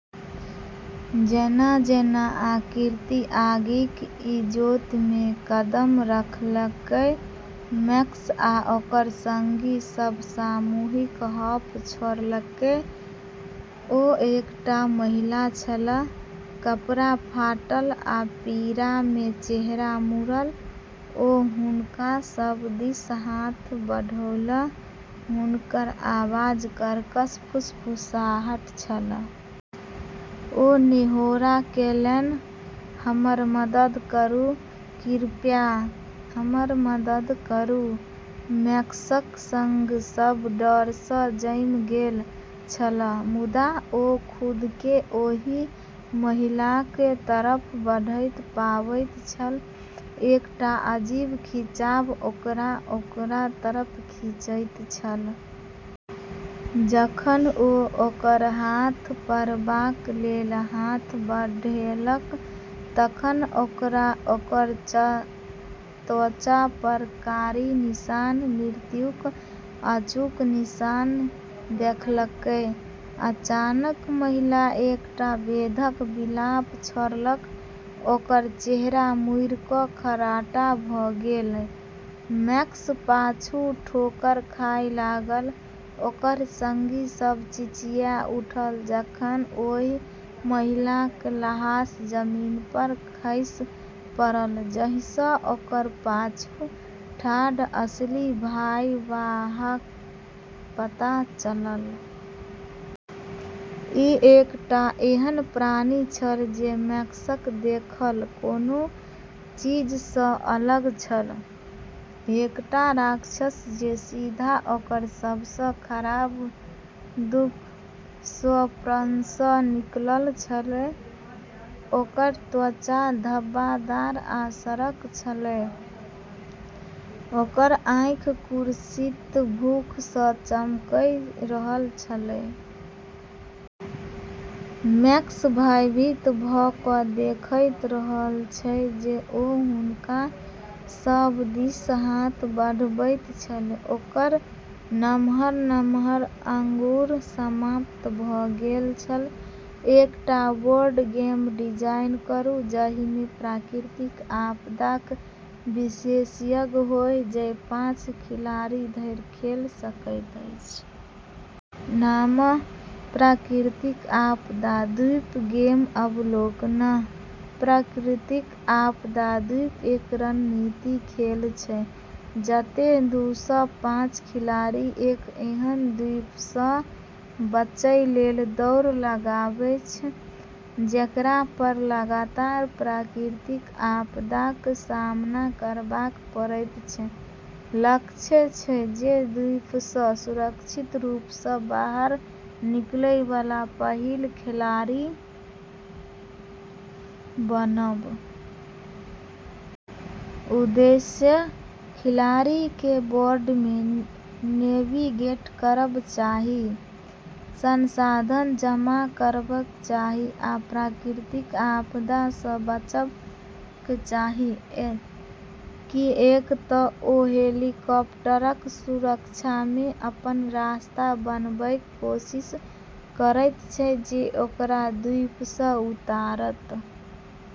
जेना-जेना आकृति आगिक इजोतमे कदम रखलकै, मैक्स आ ओकर संगी सभ सामूहिक हाँफ छोड़लकै। ओ एकटा महिला छलीह, कपड़ा फाटल आ पीड़ामे चेहरा मुड़ल। ओ हुनका सभ दिस हाथ बढ़ौलीह, हुनकर आवाज कर्कश फुसफुसाहट छल। ओ निहोरा केलनि, "हमर मदद करू, कृपया, हमर मदद करू।" मैक्सक संगी सभ डरसँ जमि गेल छल, मुदा ओ खुदकेँ ओहि महिलाक तरफ बढ़ैत पाबैत छल, एकटा अजीब खिंचाव ओकरा ओकरा तरफ खींचैत छल। जखन ओ ओकर हाथ पकड़बाक लेल हाथ बढ़ेलक तखन ओकरा ओकर त्वचापर कारी निशान, मृत्युक अचूक निशान देखलकै। अचानक महिला एकटा बेधक विलाप छोड़लक, ओकर चेहरा मुड़ि कऽ खर्राटा भऽ गेलै। मैक्स पाछू ठोकर खाय लागल, ओकर संगी सभ चिचिया उठल जखन ओहि महिलाक लाश जमीनपर खसि पड़ल, जाहिसँ ओकर पाछू ठाढ़ असली भयावहताक पता चलल। ई एकटा एहन प्राणी छल जे मैक्सक देखल कोनो चीजसँ अलग छल, एकटा राक्षस जे सीधा ओकर सबसँ खराब दुःस्वप्नसँ निकलल छल। ओकर त्वचा धब्बादार आ सड़ल छलैक, ओकर आँखि कुत्सित भूखसँ चमकि रहल छलैक। मैक्स भयभीत भऽ कऽ देखैत रहल जे ओ हुनका सभ दिस हाथ बढ़बैत छल, ओकर नमहर-नम्हर आँगुर समाप्त भऽ गेल छल। एकटा बोर्ड गेम डिजाइन करू, जाहिमे प्राकृतिक आपदाक विशेषता होय, जे पाँच खिलाड़ी धरि खेलि सकैत अछि। नाम: प्राकृतिक आपदा द्वीप गेम अवलोकन: प्राकृतिक आपदा द्वीप एक रणनीतिक खेल छै, जतै दूसँ पाँच खिलाड़ी एक एहन द्वीपसँ बचै लेल दौड़ लगाबैछ जेकरापर लगातार प्राकृतिक आपदाक सामना करबाक पड़ैत छै। लक्ष्य छै जे द्वीपसँ सुरक्षित रूपसँ बाहर निकलैवाला पहिल खिलाड़ी बनब। उद्देश्य: खिलाड़ीकेँ बोर्डमे नेविगेट करब चाहि, संसाधन जमा करब चाहि, आ प्राकृतिक आपदासँ बचब चाहि, किऐक तऽ ओ हेलीकॉप्टरक सुरक्षामे अपन रास्ता बनाबैक कोशिश करैत छै जे ओकरा द्वीपसँ उतारत।